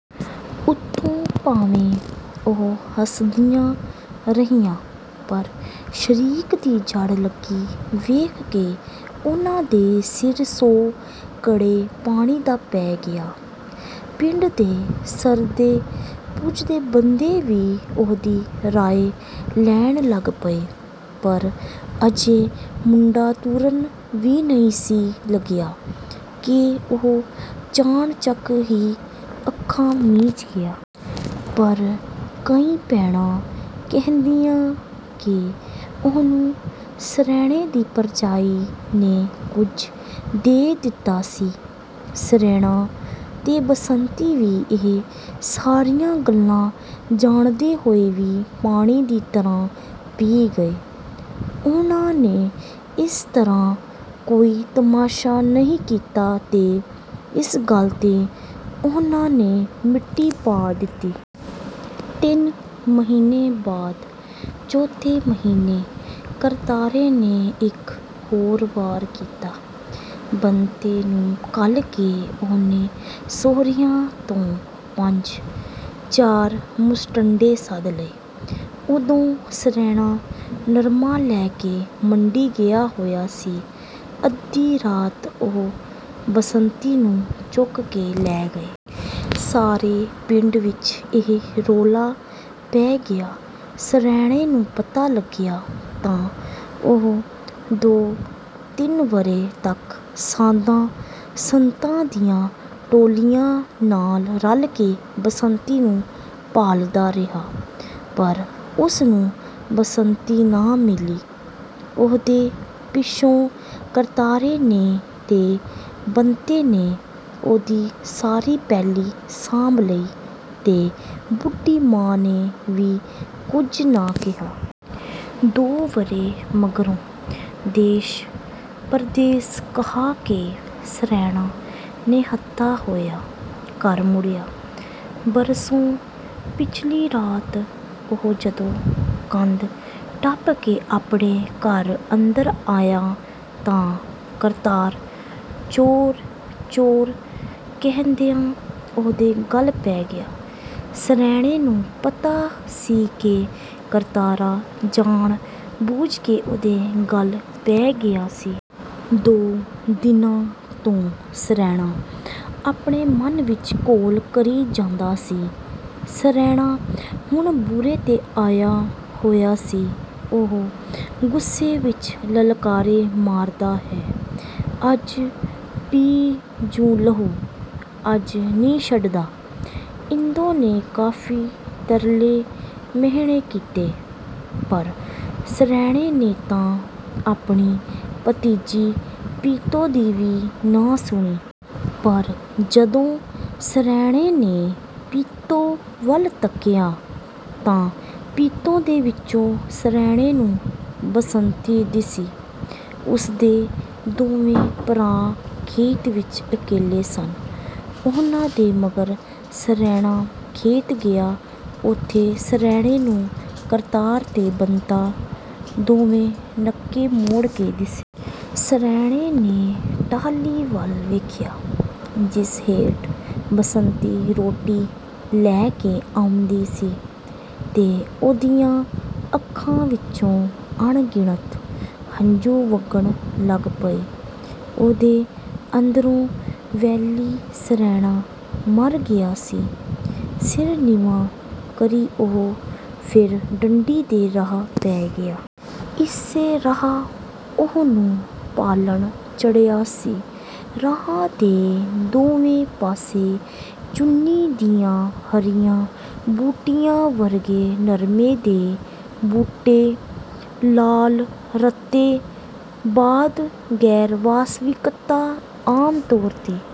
ਉਤੋਂ ਭਾਵੇਂ ਉਹ ਹੱਸਦੀਆਂ ਰਹੀਆਂ, ਪਰ ਸ਼ਰੀਕ ਦੀ ਜੜ੍ਹ ਲੱਗੀ ਵੇਖ ਕੇ ਉਹਨਾਂ ਦੇ ਸਿਰ ਸੌ ਘੜੇ ਪਾਣੀ ਦਾ ਪੈ ਗਿਆ। ਪਿੰਡ ਦੇ ਸਰਦੇ-ਪੁੱਜਦੇ ਬੰਦੇ ਵੀ ਉਹਦੀ ਰਾਏ ਲੈਣ ਲੱਗ ਪਏ। ਪਰ ਅਜੇ ਮੁੰਡਾ ਤੁਰਨ ਵੀ ਨਹੀਂ ਸੀ ਲੱਗਿਆ ਕਿ ਉਹ ਚਾਣਚੱਕ ਹੀ ਅੱਖਾਂ ਮੀਚ ਗਿਆ। ਪਰ ਕਈ ਭੈਣਾਂ ਕਹਿੰਦੀਆਂ ਕਿ ਉਹਨੂੰ ਸਰੈਣੇ ਦੀ ਭਰਜਾਈ ਨੇ ਕੁਝ ਦੇ ਦਿੱਤਾ ਸੀ। ਸਰੈਣਾ ਤੇ ਬਸੰਤੀ ਵੀ ਇਹ ਸਾਰੀਆਂ ਗੱਲਾਂ ਜਾਣਦੇ ਹੋਏ ਵੀ ਪਾਣੀ ਦੀ ਤਰ੍ਹਾਂ ਪੀ ਗਏ। ਉਹਨਾਂ ਨੇ ਇਸ ਤਰ੍ਹਾਂ ਕੋਈ ਤਮਾਸ਼ਾ ਨਹੀਂ ਕੀਤਾ ਤੇ ਇਸ ਗੱਲ ਤੇ ਉਹਨਾਂ ਨੇ ਮਿੱਟੀ ਪਾ ਦਿੱਤੀ। ਤਿੰਨ ਮਹੀਨੇ ਬਾਅਦ, ਚੌਥੇ ਮਹੀਨੇ ਕਰਤਾਰੇ ਨੇ ਇੱਕ ਹੋਰ ਵਾਰ ਕੀਤਾ। ਬੰਤੇ ਨੂੰ ਘੱਲ ਕੇ ਉਹਨੇ ਸਹੁਰਿਆਂ ਤੋਂ ਪੰਜ-ਚਾਰ ਮੁਸ਼ਟੰਡੇ ਸੱਦ ਲਏ। ਉਦੋਂ ਸਰੈਣਾ ਨਰਮਾ ਲੈ ਕੇ ਮੰਡੀ ਗਿਆ ਹੋਇਆ ਸੀ। ਅੱਧੀ ਰਾਤ ਉਹ ਬਸੰਤੀ ਨੂੰ ਚੁੱਕ ਕੇ ਲੈ ਗਏ। ਸਾਰੇ ਪਿੰਡ ਵਿੱਚ ਇਹ ਰੌਲਾ ਪੈ ਗਿਆ। ਸਰੈਣੇ ਨੂੰ ਪਤਾ ਲੱਗਿਆ, ਤਾਂ ਉਹ ਦੋ-ਤਿੰਨ ਵਰ੍ਹੇ ਤੱਕ ਸਾਧਾਂ-ਸੰਤਾਂ ਦੀਆਂ ਟੋਲੀਆਂ ਨਾਲ ਰਲ ਕੇ ਬਸੰਤੀ ਨੂੰ ਭਾਲਦਾ ਰਿਹਾ। ਪਰ ਉਸਨੂੰ ਬਸੰਤੀ ਨਾ ਮਿਲੀ। ਉਹਦੇ ਪਿੱਛੋਂ ਕਰਤਾਰੇ ਨੇ ਤੇ ਬੰਤੇ ਨੇ ਉਹਦੀ ਸਾਰੀ ਪੈਲੀ ਸਾਂਭ ਲਈ ਤੇ ਬੁੱਢੀ ਮਾਂ ਨੇ ਵੀ ਕੁਝ ਨਾ ਕਿਹਾ। ਦੋ ਵਰ੍ਹੇ ਮਗਰੋਂ ਦੇਸ਼-ਪਰਦੇਸ ਘਾਹ ਕੇ ਸਰੈਣਾ ਨਿਹੱਥਾ ਹੋਇਆ ਘਰ ਮੁੜਿਆ। ਭਰਸੋਂ ਪਿਛਲੀ ਰਾਤ ਉਹ ਜਦੋਂ ਕੰਧ ਟੱਪ ਕੇ ਆਪਣੇ ਘਰ ਅੰਦਰ ਆਇਆ ਤਾਂ ਕਰਤਾਰਾ 'ਚੋਰ-ਚੋਰ' ਕਹਿੰਦਿਆਂ ਉਹਦੇ ਗੱਲ ਪੈ ਗਿਆ। ਸਰੈਣੇ ਨੂੰ ਪਤਾ ਸੀ ਕਿ ਕਰਤਾਰਾ ਜਾਣ-ਬੁੱਝ ਕੇ ਉਹਦੇ ਗੱਲ ਪੈ ਗਿਆ ਸੀ। ਦੋ ਦਿਨਾਂ ਤੋਂ ਸਰੈਣਾ ਆਪਣੇ ਮਨ ਵਿੱਚ ਘੋਲ ਕਰੀ ਜਾਂਦਾ ਸੀ। ਸਰੈਣਾ ਹੁਣ ਬੁਰੇ ਤੇ ਆਇਆ ਹੋਇਆ ਸੀ। ਉਹ ਗੁੱਸੇ ਵਿੱਚ ਲਲਕਾਰੇ ਮਾਰਦਾ ਹੈ, 'ਅੱਜ ਪੀ-ਜੂੰ ਲਹੂ, ਅੱਜ ਨ੍ਹੀਂ ਛੱਡਦਾ।' ਇੰਦੋ ਨੇ ਕਾਫ਼ੀ ਤਰਲੇ-ਮਿਹਣੇ ਕੀਤੇ, ਪਰ ਸਰੈਣੇ ਨੇ ਤਾਂ ਆਪਣੀ ਭਤੀਜੀ ਪੀਤੋ ਦੀ ਵੀ ਨਾ ਸੁਣੀ। ਪਰ ਜਦੋਂ ਸਰੈਣੇ ਨੇ ਪੀਤੋ ਵੱਲ ਤੱਕਿਆ ਤਾਂ ਪੀਤੋ ਦੇ ਵਿੱਚੋਂ ਸਰੈਣੇ ਨੂੰ ਬਸੰਤੀ ਦਿਸੀ। ਉਸਦੇ ਦੋਵੇਂ ਭਰਾ ਖੇਤ ਵਿੱਚ ਇਕੱਲੇ ਸਨ। ਉਹਨਾਂ ਦੇ ਮਗਰ ਸਰੈਣਾ ਖੇਤ ਗਿਆ। ਉੱਥੇ ਸਰੈਣੇ ਨੂੰ ਕਰਤਾਰ ਤੇ ਬੰਤਾ ਦੋਵੇਂ ਨੱਕੇ ਮੋੜ ਕੇ ਦਿੱਸੇ। ਸਰੈਣੇ ਨੇ ਟਾਹਲੀ ਵੱਲ ਵੇਖਿਆ, ਜਿਸ ਹੇਠ ਬਸੰਤੀ ਰੋਟੀ ਲੈ ਕੇ ਆਉਂਦੀ ਸੀ। ਤੇ ਉਹਦੀਆਂ ਅੱਖਾਂ ਵਿੱਚੋਂ ਅਣਗਿਣਤ ਹੰਝੂ ਵਗਣ ਲੱਗ ਪਏ। ਉਹਦੇ ਅੰਦਰੋਂ ਵੈਲੀ ਸਰੈਣਾ ਮਰ ਗਿਆ ਸੀ। ਸਿਰ ਨੀਵਾਂ ਕਰੀ ਉਹ ਫਿਰ ਡੰਡੀ ਦੇ ਰਾਹ ਪੈ ਗਿਆ। ਇਸੇ ਰਾਹ ਉਹਨੂੰ ਭਾਲਣ ਚੜ੍ਹਿਆ ਸੀ। ਰਾਹ ਦੇ ਦੋਵੇਂ ਪਾਸੇ ਚੁੰਨੀ ਦੀਆਂ ਹਰੀਆਂ ਬੂਟੀਆਂ ਵਰਗੇ ਨਰਮੇ ਦੇ ਬੂਟੇ ਲਾਲ-ਰੱਤੇ। ਬਾਦ, ਗੈਰ-ਵਾਸਤਵਿਕਤਾ, ਆਮਤੌਰ ਤੇ